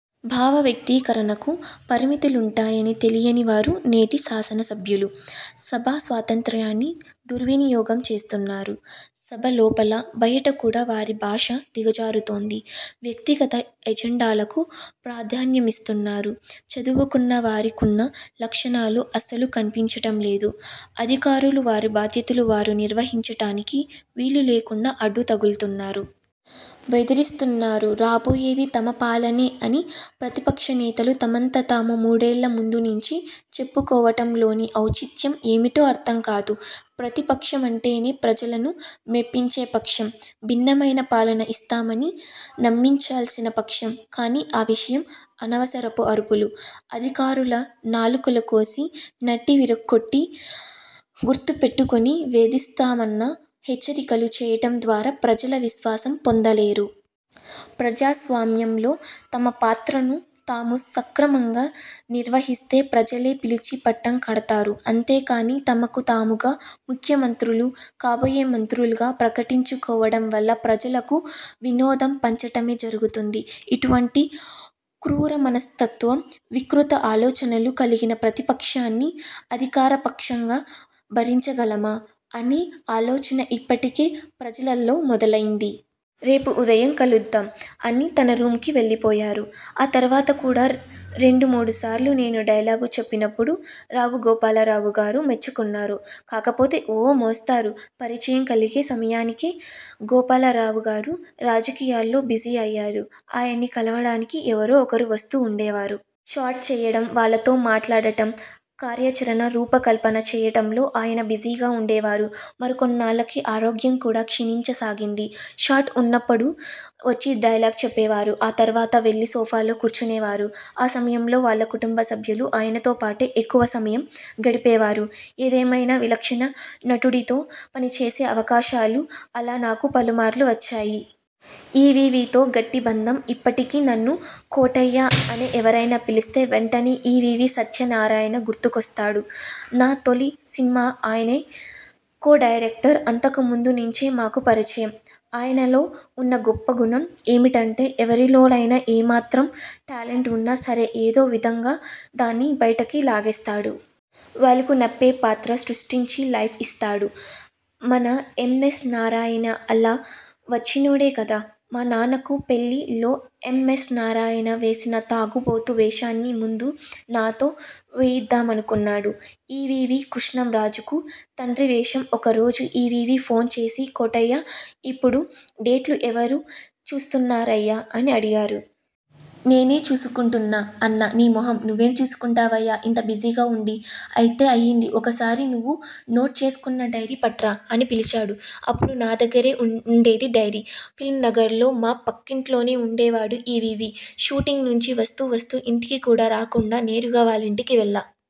భావ వ్యక్తీకరణకు పరిమితులుంటాయని తెలియని వారు నేటి శాసన సభ్యులు. సభా స్వాతంత్ర్యాన్ని దుర్వినియోగం చేస్తున్నారు. సభ లోపల, బయట కూడా వారి భాష దిగజారుతోంది. వ్యక్తిగత ఎజెండాలకు ప్రాధాన్యమిస్తున్నారు. చదువుకున్న వారికున్న లక్షణాలు అస్సలు కనిపించటంలేదు. అధికారులు వారి బాధ్యతలు వారు నిర్వహించటానికి వీలు లేకుండా అడ్డు తగులుతున్నారు. బెదిరిస్తున్నారు. రాబోయేది తమ పాలనే అని ప్రతిపక్షనేతలు తమంత తాము మూడేళ్ల ముందునుంచి చెప్పుకోవటంలోని ఔచిత్యం ఏమిటో అర్థం కాదు. ప్రతి పక్షమంటేనే ప్రజలను మెప్పించే పక్షం. భిన్నమైన పాలన ఇస్తామని నమ్మించాల్సిన పక్షం. కానీ ఆ విషయం అనవసరపు అరుపులు, అధికారుల నాలుకలు కోసి, నడ్డి విరగ్గొట్టి, గుర్తుపెట్టుకుని వేధిస్తామన్న హెచ్చరికలు చేయటం ద్వారా ప్రజల విశ్వాసం పొందలేరు. ప్రజాస్వామ్యంలో తమ పాత్రను తాము సక్రమంగా నిర్వహిస్తే ప్రజలే పిలిచి పట్టం కడతారు. అంతేకానీ తమకు తాముగా ముఖ్యమంత్రులు, కాబోయే మంత్రులుగా ప్రకటించుకోవటం వల్ల ప్రజలకు వినోదం పంచటమే జరుగుతుంది. ఇటువంటి క్రూరమనస్తత్వం, వికృత ఆలోచనలు కలిగిన ప్రతిపక్షాన్ని అధికారపక్షంగా భరించగలమా! అనే ఆలోచన ఇప్పటికే ప్రజలలో మొదలైంది. రేపు ఉదయం కలుద్దాం' అని తన రూమ్కి వెళ్ళిపోయారు. ఆ తర్వాత కూడా రెండుమూడు సార్లు నేను డైలాగు చెప్పినప్పుడు రావుగోపాలరావుగారు మెచ్చుకున్నారు. కాకపోతే ఓ మోస్తరు పరిచయం కలిగే సమయానికే గోపాలరావుగారు రాజకీయాల్లో బిజీ అయ్యారు. ఆయన్ని కలవడానికి ఎవరో ఒకరు వస్తూ ఉండేవారు. షాట్ చేయడం, వాళ్లతో మాట్లాడటం, కార్యాచరణ రూపకల్పన చేయడంలో ఆయన బిజీగా ఉండేవారు. మరికొన్నాళ్లకి ఆరోగ్యం కూడా క్షీణించసాగింది. షాట్ ఉన్నప్పుడు వచ్చి డైలాగ్ చెప్పేవారు. ఆ తర్వాత వెళ్లి సోఫాలో కూర్చునేవారు. ఆ సమయంలో వాళ్ల కుటుంబసభ్యులు ఆయనతోపాటే ఎక్కువ సమయం గడిపేవారు. ఏదేమైనా విలక్షణ నటుడితో పనిచేసే అవకాశాలు అలా నాకు పలుమార్లు వచ్చాయి. ఈవీవీతో గట్టి బంధం ఇప్పటికీ నన్ను 'కోటయ్యా' అని ఎవరైనా పిలిస్తే వెంటనే ఈవీవీ సత్యనారాయణ గుర్తుకొస్తాడు. నా తొలి సినిమాకు ఆయనే కో-డైరెక్టర్. అంతకుముందునుంచే మాకు పరిచయం. ఆయనలో ఉన్న గొప్పగుణం ఏంటంటే, ఎవరిలోనైనా ఏమాత్రం టాలెంట్ ఉన్నా సరే ఏదో విధంగా దాన్ని బైటికి లాగేస్తాడు. వాళ్లకునప్పే పాత్ర సృష్టించి లైఫ్ ఇస్తాడు. మన ఎం. ఎస్. నారాయణ అలా వచ్చినోడే కదా. 'మా నాన్నకు పెళ్ళి'లో ఎం. ఎస్. నారాయణ వేసిన తాగుబోతు వేషాన్ని ముందు నాతో వేయిద్దామనుకున్నాడు ఈవీవీ. కృష్ణంరాజుకు తండ్రి వేషం ఒకరోజు ఈవీవీ ఫోన్ చేసి 'కోటయ్యా ఇప్పుడు డేట్లు ఎవరు చూస్తున్నారయ్యా' అని అడిగాడు. 'నేనే చూసుకుంటున్నా' అన్నా. 'నీ మొహం నువ్వేం చూసుకుంటావయ్యా ఇంత బిజీగా ఉండి. అయితే అయింది ఒకసారి నువ్వు నోట్ చేసుకున్న డైరీ పట్రా' అని పిలిచాడు. అప్పుడు నా దగ్గరే ఉండేది డైరీ. ఫిల్మ్నగర్లో మా పక్కింట్లోనే ఉండేవాడు ఈవీవీ. షూటింగ్ నుంచి వస్తూ వస్తూ ఇంటికి కూడా రాకుండా, నేరుగా వాళ్లింటికి వెళ్లా.